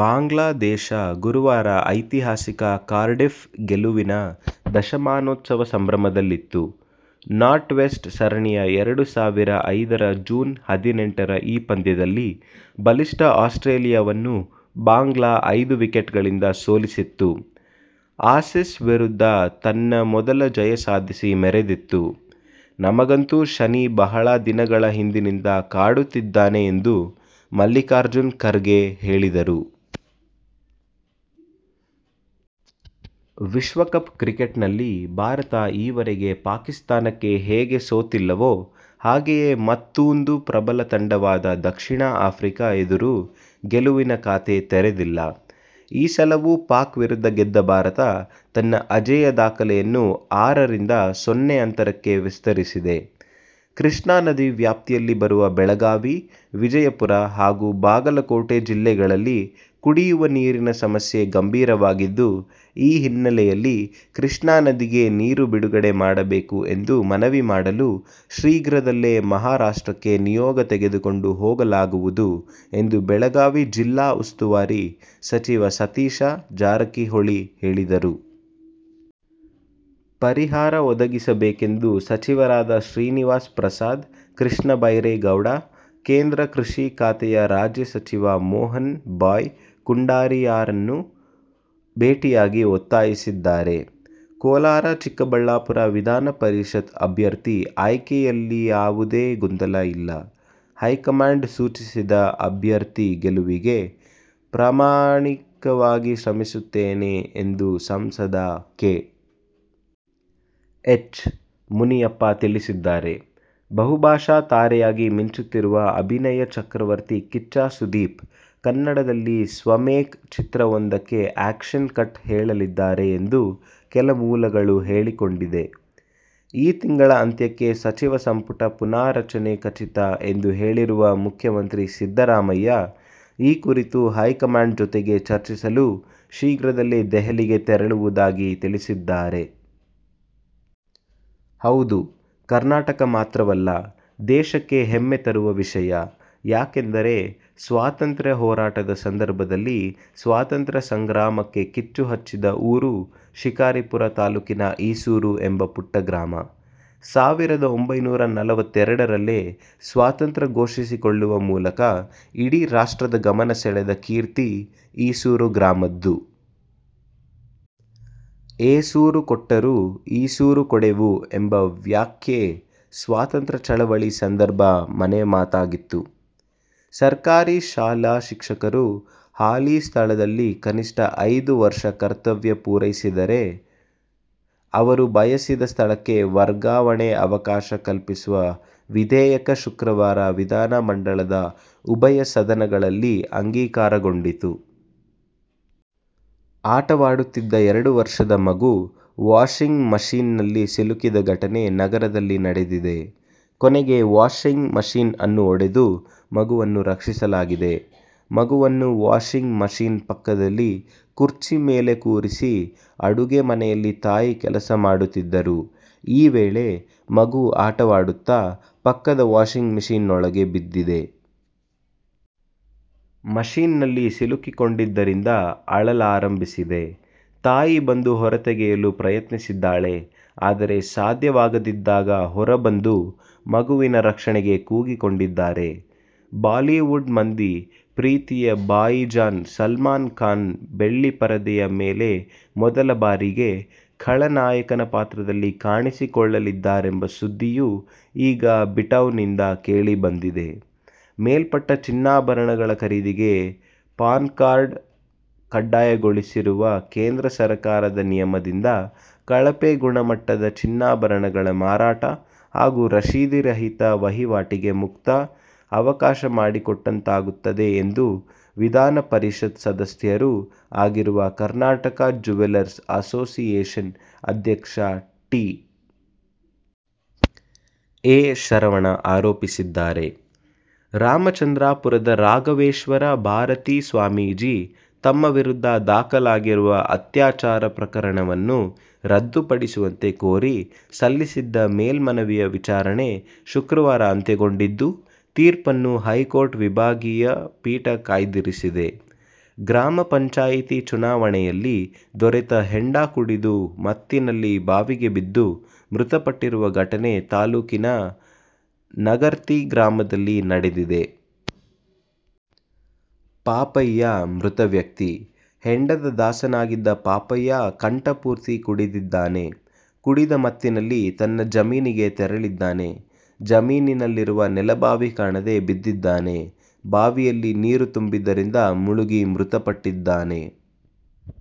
ಬಾಂಗ್ಲಾದೇಶ ಗುರುವಾರ ಐತಿಹಾಸಿಕ ಕಾರ್ಡಿಫ್ ಗೆಲುವಿನ ದಶಮಾನೋತ್ಸವ ಸಂಭ್ರಮದಲ್ಲಿತ್ತು. ನಾಟ್ವೆಸ್ಟ್ ಸರಣಿಯ ಎರಡು ಸಾವಿರ ಐದರ ಜೂನ್ ಹದಿನೆಂಟರ ಈ ಪಂದ್ಯದಲ್ಲಿ ಬಲಿಷ್ಠ ಆಸ್ಟ್ರೇಲಿಯವನ್ನು ಬಾಂಗ್ಲಾ ಐದು ವಿಕೆಟ್ಗಳಿಂದ ಸೋಲಿಸಿತ್ತು. ಆಸೀಸ್ ವಿರುದ್ಧ ತನ್ನ ಮೊದಲ ಜಯ ಸಾಧಿಸಿ ಮೆರೆದಿತ್ತು. ನಮಗಂತೂ ಶನಿ ಬಹಳ ದಿನಗಳ ಹಿಂದಿನಿಂದ ಕಾಡುತ್ತಿದ್ದಾನೆ ಎಂದು ಮಲ್ಲಿಕಾರ್ಜುನ್ ಖರ್ಗೆ ಹೇಳಿದರು. ವಿಶ್ವಕಪ್ ಕ್ರಿಕೆಟ್ನಲ್ಲಿ ಭಾರತ ಈವರೆಗೆ ಪಾಕಿಸ್ಥಾನಕ್ಕೆ ಹೇಗೆ ಸೋತಿಲ್ಲವೋ, ಹಾಗೆಯೇ ಮತ್ತೂಂದು ಪ್ರಬಲ ತಂಡವಾದ ದಕ್ಷಿಣ ಆಫ್ರಿಕಾ ಎದುರು ಗೆಲುವಿನ ಖಾತೆ ತೆರೆದಿಲ್ಲ. ಈ ಸಲವೂ ಪಾಕ್ ವಿರುದ್ಧ ಗೆದ್ದ ಭಾರತ ತನ್ನ ಅಜೇಯ ದಾಖಲೆಯನ್ನು ಆರ ರಿಂದ ಸೊನ್ನೆ ಅಂತರಕ್ಕೆ ವಿಸ್ತರಿಸಿದೆ. ಕೃಷ್ಣಾ ನದಿ ವ್ಯಾಪ್ತಿಯಲ್ಲಿ ಬರುವ ಬೆಳಗಾವಿ, ವಿಜಯಪುರ ಹಾಗೂ ಬಾಗಲಕೋಟೆ ಜಿಲ್ಲೆಗಳಲ್ಲಿ ಕುಡಿಯುವ ನೀರಿನ ಸಮಸ್ಯೆ ಗಂಭೀರವಾಗಿದ್ದು, ಈ ಹಿನ್ನೆಲೆಯಲ್ಲಿ ಕೃಷ್ಣಾ ನದಿಗೆ ನೀರು ಬಿಡುಗಡೆ ಮಾಡಬೇಕು ಎಂದು ಮನವಿ ಮಾಡಲು ಶೀಘ್ರದಲ್ಲೇ ಮಹಾರಾಷ್ಟ್ರಕ್ಕೆ ನಿಯೋಗ ತೆಗೆದುಕೊಂಡು ಹೋಗಲಾಗುವುದು ಎಂದು ಬೆಳಗಾವಿ ಜಿಲ್ಲಾ ಉಸ್ತುವಾರಿ ಸಚಿವ ಸತೀಶ ಜಾರಕಿಹೊಳಿ ಹೇಳಿದರು. ಪರಿಹಾರ ಒದಗಿಸಬೇಕೆಂದು ಸಚಿವರಾದ ಶ್ರೀನಿವಾಸ್ ಪ್ರಸಾದ್, ಕೃಷ್ಣ ಬೈರೇ ಗೌಡ, ಕೇಂದ್ರ ಕೃಷಿ ಖಾತೆಯ ರಾಜ್ಯ ಸಚಿವ ಮೋಹನ್ ಬಾಯ್ ಕುಂಡಾರಿಯಾರನ್ನು ಭೇಟಿಯಾಗಿ ಒತ್ತಾಯಿಸಿದ್ದಾರೆ. ಕೋಲಾರ-ಚಿಕ್ಕಬಳ್ಳಾಪುರ ವಿಧಾನಪರಿಷತ್ ಅಭ್ಯರ್ಥಿ ಆಯ್ಕೆಯಲ್ಲಿಯಾವುದೇ ಗೊಂದಲ ಇಲ್ಲ. ಹೈಕಮಾಂಡ್ ಸೂಚಿಸಿದ ಅಭ್ಯ ರ್ಥಿ ಗೆಲುವಿಗೆ ಪ್ರಾಮಾಣಿ ಕವಾಗಿ ಶ್ರಮಿಸುತ್ತೇನೆ ಎಂದು ಸಂಸದ ಕೆ. ಎಚ್. ಮುನಿಯಪ್ಪ ತಿಳಿಸಿದ್ದಾರೆ. ಬಹುಭಾಷಾ ತಾರೆಯಾಗಿ ಮಿಂಚುತ್ತಿರುವ ಅಭಿನಯ ಚಕ್ರವರ್ತಿ ಕಿಚ್ಚ ಸುದೀಪ್ ಕನ್ನಡದಲ್ಲಿ ಸ್ವಮೇಕ್ ಚಿತ್ರವೊಂದಕ್ಕೆ ಆ್ಯಕ್ಷನ್ ಕಟ್ ಹೇಳಲಿದ್ದಾರೆ ಎಂದು ಕೆಲ ಮೂಲಗಳು ಹೇಳಿಕೊಂಡಿದೆ. ಈ ತಿಂಗಳ ಅಂತ್ಯಕ್ಕೆ ಸಚಿವ ಸಂಪುಟ ಪುನಾರಚನೆ ಖಚಿತ ಎಂದು ಹೇಳಿರುವ ಮುಖ್ಯಮಂತ್ರಿ ಸಿದ್ದರಾಮಯ್ಯ, ಈ ಕುರಿತು ಹೈಕಮಾಂಡ್ ಜೊತೆಗೆ ಚರ್ಚಿಸಲು ಶೀಘ್ರದಲ್ಲೇ ದೆಹಲಿಗೆ ತೆರಳುವುದಾಗಿ ತಿಳಿಸಿದ್ದಾರೆ. ಹೌದು ಕರ್ನಾಟಕ ಮಾತ್ರವಲ್ಲ, ದೇಶಕ್ಕೆ ಹೆಮ್ಮೆ ತರುವ ವಿಷಯ. ಯಾಕೆಂದರೆ ಸ್ವಾತಂತ್ರ್ಯ ಹೋರಾಟದ ಸಂದರ್ಭದಲ್ಲಿ ಸ್ವಾತಂತ್ರ್ಯ ಸಂಗ್ರಾಮಕ್ಕೆ ಕಿಚ್ಚು ಹಚ್ಚಿದ ಊರು ಶಿಕಾರಿಪುರ ತಾಲೂಕಿನ ಈಸೂರು ಎಂಬ ಪುಟ್ಟ ಗ್ರಾಮ. ಸಾವಿರದ ಒಂಬೈನೂರ ನಲವತ್ತೆರಡರಲ್ಲೇ ಸ್ವಾತಂತ್ರ್ಯ ಘೋಷಿಸಿಕೊಳ್ಳುವ ಮೂಲಕ ಇಡೀ ರಾಷ್ಟ್ರದ ಗಮನಸೆಳೆದ ಕೀರ್ತಿ ಈಸೂರು ಗ್ರಾಮದ್ದು. ಏಸೂರು ಕೊಟ್ಟರೂ ಈಸೂರು ಕೊಡೆವು ಎಂಬ ವ್ಯಾಖ್ಯೆ ಸ್ವಾತಂತ್ರ್ಯ ಚಳವಳಿ ಸಂದರ್ಭ ಮನೆಮಾತಾಗಿತ್ತು. ಸರ್ಕಾರಿ ಶಾಲಾ ಶಿಕ್ಷಕರು ಹಾಲಿ ಸ್ಥಳದಲ್ಲಿ ಕನಿಷ್ಠ ಐದು ವರ್ಷ ಕರ್ತವ್ಯ ಪೂರೈಸಿದ್ದರೆ, ಅವರು ಬಯಸಿದ ಸ್ಥಳಕ್ಕೆ ವರ್ಗಾವಣೆಗೆ ಅವಕಾಶ ಕಲ್ಪಿಸುವ ವಿಧೇಯಕ ಶುಕ್ರವಾರ ವಿಧಾನ ಮಂಡಲದ ಉಭಯ ಸದನಗಳಲ್ಲಿ ಅಂಗೀಕಾರಗೊಂಡಿತು. ಆಟವಾಡುತ್ತಿದ್ದ ಎರಡು ವರ್ಷದ ಮಗು ವಾಷಿಂಗ್ ಮಷಿನ್ನಲ್ಲಿ ಸಿಲುಕಿದ ಘಟನೆ ನಗರದಲ್ಲಿನಡೆದಿದೆ. ಕೊನೆಗೆ ವಾಷಿಂಗ್ ಮಷಿನ್ ಅನ್ನು ಒಡೆದು ಮಗುವನ್ನು ರಕ್ಷಿಸಲಾಗಿದೆ. ಮಗುವನ್ನು ವಾಷಿಂಗ್ ಮಷಿನ್ ಪಕ್ಕದಲ್ಲಿ ಕುರ್ಚಿ ಮೇಲೆ ಕೂರಿಸಿ ಅಡುಗೆ ಮನೆಯಲ್ಲಿ ತಾಯಿ ಕೆಲಸ ಮಾಡುತ್ತಿದ್ದರು. ಈ ವೇಳೆ ಮಗು ಆಟವಾಡುತ್ತಾ ಪಕ್ಕದ ವಾಷಿಂಗ್ ಮಷಿನ್ ನೊಳಗೆ ಬಿದ್ದಿದೆ. ಮಷಿನ್ನಲ್ಲಿ ಸಿಲುಕಿಕೊಂಡಿದ್ದರಿಂದ ಅಳಲಾರಂಭಿಸಿದೆ. ತಾಯಿ ಬಂದು ಹೊರತೆಗೆಯಲು ಪ್ರಯತ್ನಿಸಿದ್ದಾಳೆ. ಆದರೆ ಸಾಧ್ಯವಾಗದಿದ್ದಾಗ ಹೊರಬಂದು ಮಗುವಿನ ರಕ್ಷಣೆಗೆ ಕೂಗಿಕೊಂಡಿದ್ದಾರೆ. ಬಾಲಿವುಡ್ ಮಂದಿ ಪ್ರೀತಿಯ ಭಾಯಿಜಾನ್ ಸಲ್ಮಾನ್ ಖಾನ್ ಬೆಳ್ಳಿ ಪರದೆಯ ಮೇಲೆ ಮೊದಲ ಬಾರಿಗೆ ಖಳನಾಯಕನ ಪಾತ್ರದಲ್ಲಿ ಕಾಣಿಸಿಕೊಳ್ಳಲಿದ್ದಾರೆಂಬ ಸುದ್ದಿಯು ಈಗ ಬಿಟೌನಿಂದ ಕೇಳಿ ಬಂದಿದೆ. ಮೇಲ್ಪಟ್ಟ ಚಿನ್ನಾಭರಣಗಳ ಖರೀದಿಗೆ ಪಾನ್ಕಾರ್ಡ್ ಕಡ್ಡಾಯಗೊಳಿಸಿರುವ ಕೇಂದ್ರ ಸರಕಾರದ ನಿಯಮದಿಂದ ಕಳಪೆ ಗುಣಮಟ್ಟದ ಚಿನ್ನಾಭರಣಗಳ ಮಾರಾಟ ಹಾಗೂ ರಶೀದಿ ರಹಿತ ವಹಿವಾಟಿಗೆ ಮುಕ್ತ ಅವಕಾಶ ಮಾಡಿಕೊಟ್ಟಂತಾಗುತ್ತದೆ ಎಂದು ವಿಧಾನಪರಿಷತ್ ಸದಸ್ಯರೂ ಆಗಿರುವ ಕರ್ನಾಟಕ ಜ್ಯುವೆಲ್ಲರ್ಸ್ ಅಸೋಸಿಯೇಷನ್ ಅಧ್ಯಕ್ಷ ಟಿ. ಎ. ಶರವಣ ಆರೋಪಿಸಿದ್ದಾರೆ. ರಾಮಚಂದ್ರಾಪುರದ ರಾಘವೇಶ್ವರ ಭಾರತೀ ಸ್ವಾಮೀಜಿ ತಮ್ಮ ವಿರುದ್ಧ ದಾಖಲಾಗಿರುವ ಅತ್ಯಾಚಾರ ಪ್ರಕರಣವನ್ನು ರದ್ದುಪಡಿಸುವಂತೆ ಕೋರಿ ಸಲ್ಲಿಸಿದ್ದ ಮೇಲ್ಮನವಿಯ ವಿಚಾರಣೆ ಶುಕ್ರವಾರ ಅಂತ್ಯಗೊಂಡಿದ್ದು, ತೀರ್ಪನ್ನು ಹೈಕೋರ್ಟ್ ವಿಭಾಗೀಯ ಪೀಠ ಕಾಯ್ದಿರಿಸಿದೆ. ಗ್ರಾಮ ಪಂಚಾಯಿತಿ ಚುನಾವಣೆಯಲ್ಲಿ ದೊರೆತ ಹೆಂಡ ಕುಡಿದು ಮತ್ತಿನಲ್ಲಿ ಬಾವಿಗೆ ಬಿದ್ದು ಮೃತಪಟ್ಟಿರುವ ಘಟನೆ ತಾಲೂಕಿನ ನಗರ್ತಿ ಗ್ರಾಮದಲ್ಲಿ ನಡೆದಿದೆ. ಪಾಪಯ್ಯ ಮೃತವ್ಯಕ್ತಿ. ಹೆಂಡದ ದಾಸನಾಗಿದ್ದ ಪಾಪಯ್ಯ ಕಂಠ ಪೂರ್ತಿ ಕುಡಿದಿದ್ದಾನೆ. ಕುಡಿದ ಮತ್ತಿನಲ್ಲಿ ತನ್ನ ಜಮೀನಿಗೆ ತೆರಳಿದ್ದಾನೆ. ಜಮೀನಿನಲ್ಲಿರುವ ನೆಲಬಾವಿ ಕಾಣದೆ ಬಿದ್ದಿದ್ದಾನೆ. ಬಾವಿಯಲ್ಲಿ ನೀರು ತುಂಬಿದ್ದರಿಂದ ಮುಳುಗಿ ಮೃತಪಟ್ಟಿದ್ದಾನೆ.